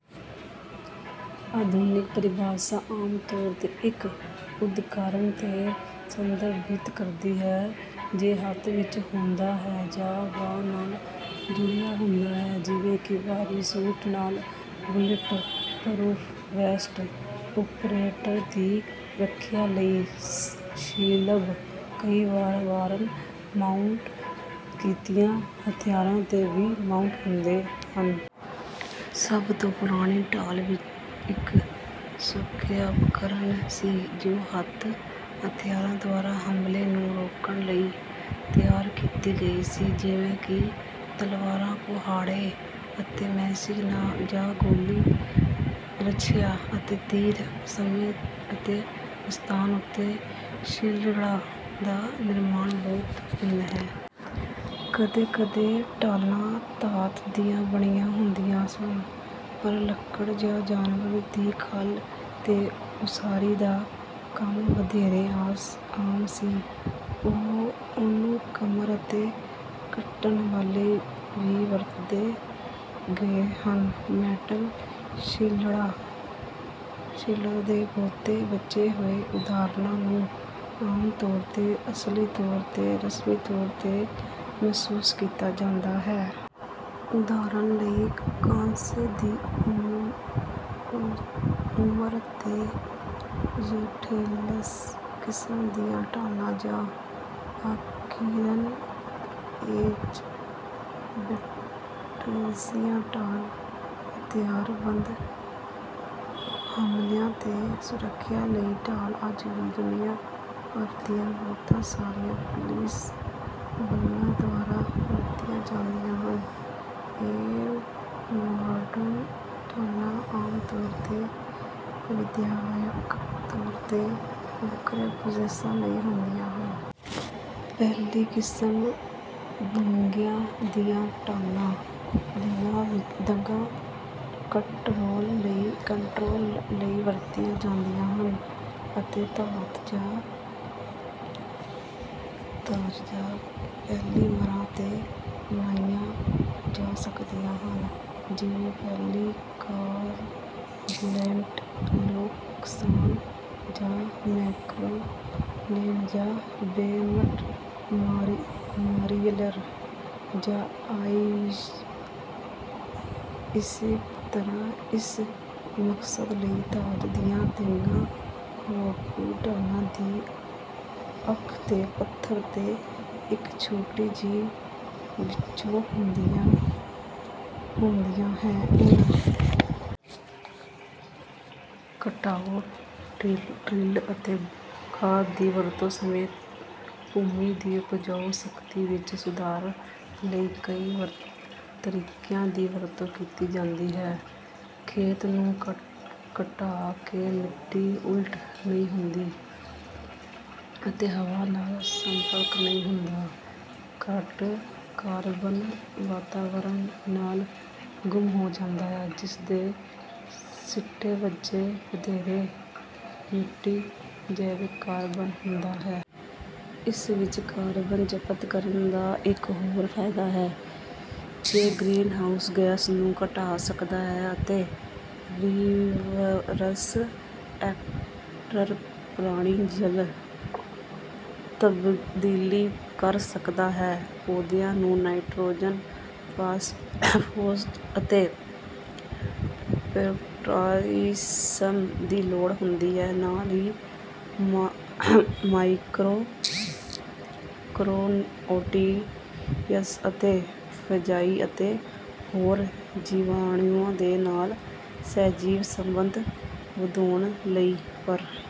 ਆਧੁਨਿਕ ਪਰਿਭਾਸ਼ਾ ਆਮ ਤੌਰ 'ਤੇ ਇੱਕ ਉਪਕਰਣ ਨੂੰ ਸੰਦਰਭਿਤ ਕਰਦੀ ਹੈ, ਜੋ ਹੱਥ ਵਿਚ ਹੁੰਦਾ ਹੈ ਜਾਂ ਬਾਂਹ ਨਾਲ ਜੁੜਿਆ ਹੁੰਦਾ ਹੈ, ਜਿਵੇਂ ਕਿ ਬਾਹਰੀ ਸੂਟ ਜਾਂ ਬੁਲੇਟ-ਪਰੂਫ ਵੈਸਟ। ਓਪਰੇਟਰ ਦੀ ਰੱਖਿਆ ਲਈ ਸ਼ੀਲਡ ਕਈ ਵਾਰ ਵਾਹਨ-ਮਾਊਂਟ ਕੀਤੀਆਂ ਹਥਿਆਰਾਂ 'ਤੇ ਵੀ ਮਾਊਂਟ ਹੁੰਦੇ ਹਨ। ਸਭ ਤੋਂ ਪੁਰਾਣੀ ਢਾਲ ਇੱਕ ਸੁਰੱਖਿਆ ਉਪਕਰਣ ਸੀ, ਜੋ ਹੱਥ-ਹਥਿਆਰਾਂ ਦੁਆਰਾ ਹਮਲੇ ਨੂੰ ਰੋਕਣ ਲਈ ਤਿਆਰ ਕੀਤੀ ਗਈ ਸੀ, ਜਿਵੇਂ ਕਿ ਤਲਵਾਰਾਂ, ਕੁਹਾੜੇ ਅਤੇ ਮੈਸਿਜ, ਜਾਂ ਗੋਲੀ-ਰੱਛਿਆ ਅਤੇ ਤੀਰ। ਸਮੇਂ ਅਤੇ ਸਥਾਨ ਉੱਤੇ ਸ਼ੀਲਡਾਂ ਦਾ ਨਿਰਮਾਣ ਬਹੁਤ ਭਿੰਨ ਹੈ। ਕਦੇ-ਕਦੇ ਢਾਲਾਂ ਧਾਤ ਦੀਆਂ ਬਣੀਆਂ ਹੁੰਦੀਆਂ ਸਨ, ਪਰ ਲੱਕੜ ਜਾਂ ਜਾਨਵਰ ਦੀ ਖੱਲ ਤੋਂ ਉਸਾਰੀ ਦਾ ਕੰਮ ਵਧੇਰੇ ਆਮ ਸੀ। ਉੱਨ, ਕਸਰ ਅਤੇ ਕੱਟਣ ਵਾਲੇ ਵੀ ਵਰਤੇ ਗਏ ਹਨ। ਮੈਟਲ ਸ਼ੀਲਡਾਂ ਦੇ ਬਹੁਤੇ ਬਚੇ ਹੋਏ ਉਦਾਹਰਣਾਂ ਨੂੰ ਆਮ ਤੌਰ 'ਤੇ ਅਸਲੀ ਤੌਰ 'ਤੇ ਰਸਮੀ ਤੌਰ 'ਤੇ ਮਹਿਸੂਸ ਕੀਤਾ ਜਾਂਦਾ ਹੈ। ਉਦਾਹਰਨ ਲਈ, ਕਾਂਸੇ ਦੀ ਉਮਰ ਦੇ ਯੈਠੋਲਮ-ਕਿਸਮ ਦੀਆਂ ਢਾਲਾਂ ਜਾਂ ਆਇਰਨ ਏਜ ਬੈਟਰਸੀਆ ਢਾਲ। ਹਥਿਆਰਬੰਦ ਹਮਲਿਆਂ ਤੋਂ ਸੁਰੱਖਿਆ ਲਈ ਢਾਲ ਅੱਜ ਵੀ ਦੁਨੀਆਂ ਭਰ ਦੀਆਂ ਬਹੁਤ ਸਾਰੀਆਂ ਪੁਲਿਸ ਬਲਾਂ ਦੁਆਰਾ ਵਰਤੀਆਂ ਜਾਂਦੀਆਂ ਹਨ। ਇਹ ਮਾਡਰਨ ਢਾਲਾਂ ਆਮ ਤੌਰ 'ਤੇ ਦੋ ਵਿਆਪਕ ਤੌਰ 'ਤੇ ਵੱਖਰੇ ਉਦੇਸ਼ਾਂ ਲਈ ਹੁੰਦੀਆਂ ਹਨ। ਪਹਿਲੀ ਕਿਸਮ, ਦੰਗਿਆਂ ਦੀਆਂ ਢਾਲਾਂ, ਦੰਗਾ ਕੰਟਰੋਲ ਲਈ ਵਰਤੀਆਂ ਜਾਂਦੀਆਂ ਹਨ ਅਤੇ ਧਾਤ ਜਾਂ ਪੋਲੀਮਰਾਂ ਤੋਂ ਬਣਾਈਆਂ ਜਾ ਸਕਦੀਆਂ ਹਨ, ਜਿਵੇਂ ਪੌਲੀਕਾਰਬੋਨੇਟ, ਲੇਕਸਾਨ ਜਾਂ ਮੈਕਰੋਲੋਨ, ਜਾਂ ਬੋਪੇਟ ਮਾਈਲਰ ਜਾਂ ਆਈਜ਼। ਇਸੇ ਤਰ੍ਹਾਂ, ਇਸ ਮਕਸਦ ਲਈ ਧਾਤ ਦੀਆਂ ਦੰਗਾ-ਰੋਕੂ ਢਾਲਾਂ ਦੀ ਅੱਖ ਦੇ ਪੱਧਰ 'ਤੇ ਇੱਕ ਛੋਟੀ ਜਿਹੀ ਵਿੰਡੋ ਹੁੰਦੀ ਹੈ। ਇਨ੍ਹਾਂ ਘਟਾਅ, ਡਰਿਲ ਅਤੇ ਖਾਦ ਦੀ ਵਰਤੋਂ ਸਮੇਤ ਭੂਮੀ ਦੀ ਉਪਜਾਊ ਸ਼ਕਤੀ ਵਿੱਚ ਸੁਧਾਰ ਲਈ ਕਈ ਤਰੀਕਿਆਂ ਦੀ ਵਰਤੋਂ ਕੀਤੀ ਜਾਂਦੀ ਹੈ। ਖੇਤ ਨੂੰ ਘਟਾ ਕੇ, ਮਿੱਟੀ ਉਲਟ ਨਹੀਂ ਹੁੰਦੀ ਅਤੇ ਹਵਾ ਨਾਲ ਸੰਪਰਕ ਨਹੀਂ ਹੁੰਦਾ; ਘੱਟ ਕਾਰਬਨ ਵਾਤਾਵਰਣ ਨਾਲ ਗੁੰਮ ਹੋ ਜਾਂਦਾ ਹੈ, ਜਿਸ ਦੇ ਸਿੱਟੇ ਵਜੋਂ ਵਧੇਰੇ ਮਿੱਟੀ ਜੈਵਿਕ ਕਾਰਬਨ ਹੁੰਦਾ ਹੈ। ਇਸ ਵਿੱਚ ਕਾਰਬਨ ਜ਼ਬਤ ਕਰਨ ਦਾ ਇੱਕ ਹੋਰ ਫਾਇਦਾ ਹੈ, ਜੋ ਗ੍ਰੀਨਹਾਊਸ ਗੈਸ ਨੂੰ ਘਟਾ ਸਕਦਾ ਹੈ ਅਤੇ ਰਿਵਰਸ ਐਂਟਰਪ੍ਰਾਈਜ਼ਲ ਤਬਦੀਲੀ ਕਰ ਸਕਦਾ ਹੈ। ਪੌਦਿਆਂ ਨੂੰ ਨਾਈਟ੍ਰੋਜਨ, ਫਾਸਫੋਰਸ ਅਤੇ ਪੋਟਾਸ਼ੀਅਮ ਦੀ ਲੋੜ ਹੁੰਦੀ ਹੈ, ਨਾਲ ਹੀ ਮਾਇਕ੍ਰੋਨਿਊਟ੍ਰੀਐਂਟਸ ਅਤੇ ਫੰਜਾਈ ਅਤੇ ਹੋਰ ਜੀਵਾਣੂਆਂ ਦੇ ਨਾਲ ਸਹਿਜੀਵ ਸੰਬੰਧ ਵਧਾਉਣ ਲਈ, ਪਰ...